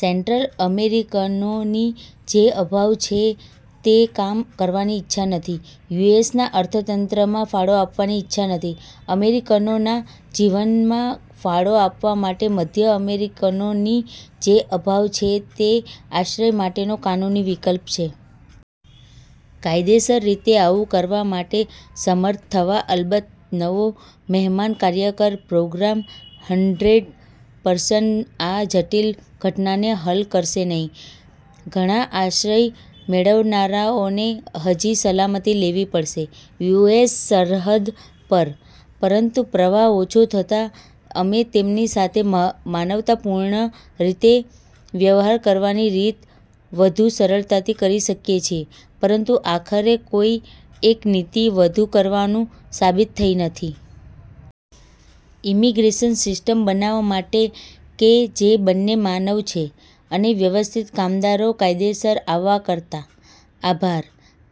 Central અમેરિકનોની જે અભાવ છે તે કામ કરવાની ઇચ્છા નથી. યુ. એસ. ના અર્થતંત્રમાં ફાળો આપવાની ઇચ્છા નથી, અમેરિકનોના જીવનમાં ફાળો આપવા માટે મધ્ય અમેરિકનોની જે અભાવ છે તે આશ્રય માટેનો કાનૂની વિકલ્પ છે. કાયદેસર રીતે આવું કરવા માટે સમર્થ થવા અલબત્ત નવો મહેમાન કાર્યકર પ્રોગ્રામ હન્ડ્રેડ પર્સન્ટ આ જટિલ ઘટનાને હલ કરશે નહીં. ઘણા આશ્રય મેળવનારાઓને હજી સલામતી લેવી પડશે. યુ. એસ. સરહદ પર. પરંતુ પ્રવાહ ઓછો થતાં અમે તેમની સાથે માનવતાપૂર્ણ રીતે વ્યવહાર કરવાની રીત વધુ સરળતાથી કરી શકીએ છીએ, પરંતુ આખરે કોઈ એક નીતિ વધુ કરવાનું સાબિત થઈ નથી. ઇમિગ્રેશન સિસ્ટમ બનાવવા માટે કે જે બંને માનવ છે અને વ્યવસ્થિત કામદારો કાયદેસર આવવા કરતાં. આભાર.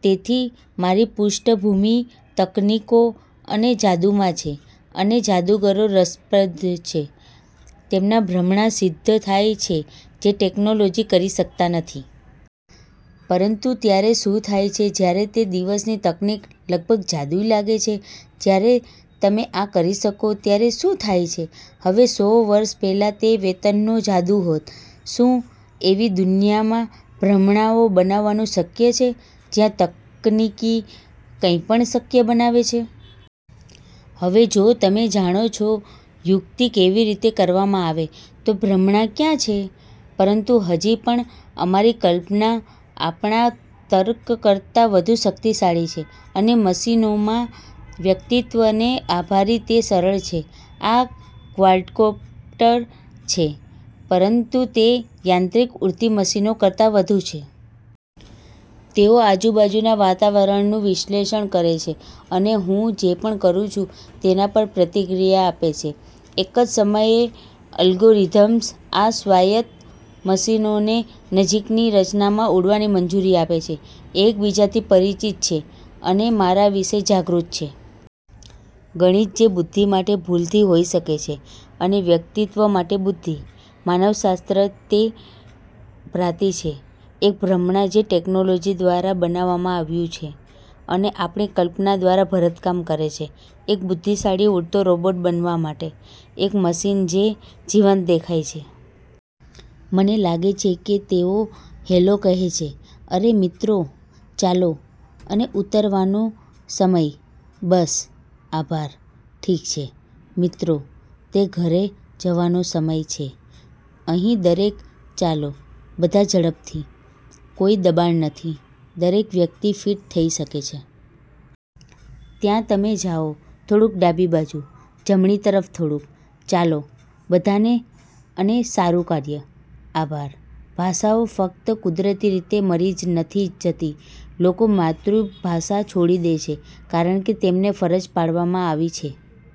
તેથી, મારી પૃષ્ઠભૂમિ તકનીકો અને જાદુમાં છે. અને જાદુગરો રસપ્રદ છે. તેમના ભ્રમણા સિદ્ધ થાય છે જે ટેકનોલોજી કરી શકતા નથી. પરંતુ ત્યારે શું થાય છે જ્યારે તે દિવસની તકનીક લગભગ જાદુઈ લાગે છે? જ્યારે તમે આ કરી શકો ત્યારે શું થાય છે? હવે સો વર્ષ પહેલાં તે વેતનનો જાદુ હોત. શું એવી દુનિયામાં ભ્રમણાઓ બનાવવાનું શક્ય છે, જ્યાં તકનીકી કંઈપણ શક્ય બનાવે છે. હવે જો તમે જાણો છો યુક્તિ કેવી રીતે કરવામાં આવે, તો ભ્રમણા ક્યાં છે? પરંતુ હજી પણ અમારી કલ્પના આપણા તર્ક કરતાં વધુ શક્તિશાળી છે અને મશીનોમાં વ્યક્તિત્વને આભારી તે સરળ છે. આ ક્વાડકોપ્ટર છે, પરંતુ તે યાંત્રિક ઉડતી મશીનો કરતા વધુ છે. તેઓ આજુબાજુના વાતાવરણનું વિશ્લેષણ કરે છે અને હું જે પણ કરું છું તેના પર પ્રતિક્રિયા આપે છે. એક જ સમયે અલ્ગોરિધમ્સ આ સ્વાયત્ત મશીનોને નજીકની રચનામાં ઉડવાની મંજૂરી આપે છે, એકબીજાથી પરિચિત છે અને મારા વિશે જાગૃત છે. ગણિત જે બુદ્ધિ માટે ભૂલથી હોઈ શકે છે અને વ્યક્તિત્વ માટે બુદ્ધિ. માનવશાસ્ત્ર તે ભ્રાંતિ છે, એક ભ્રમણા જે ટેકનોલોજી દ્વારા બનાવવામાં આવ્યું છે અને આપણી કલ્પના દ્વારા ભરતકામ કરે છે. એક બુદ્ધિશાળી ઉડતો રોબોટ બનવા માટે, એક મશીન જે જીવંત દેખાય છે. મને લાગે છે કે તેઓ "હેલો" કહે છે. અરે મિત્રો! ચાલો અને ઉતરવાનો સમય. બસ. આભાર. ઠીક છે, મિત્રો, તે ઘરે જવાનો સમય છે. અહીં દરેક ચાલો, બધા ઝડપથી. કોઈ દબાણ નથી, દરેક વ્યક્તિ ફિટ થઈ શકે છે. ત્યાં તમે જાઓ, થોડુંક ડાબી બાજુ, જમણી તરફ થોડુંક. ચાલો, બધાને અને સારું કાર્ય! આભાર. ભાષાઓ ફક્ત કુદરતી રીતે મરી નથી જતી લોકો માતૃભાષા છોડી દે છે, કારણ કે તેમને ફરજ પાડવામાં આવી છે.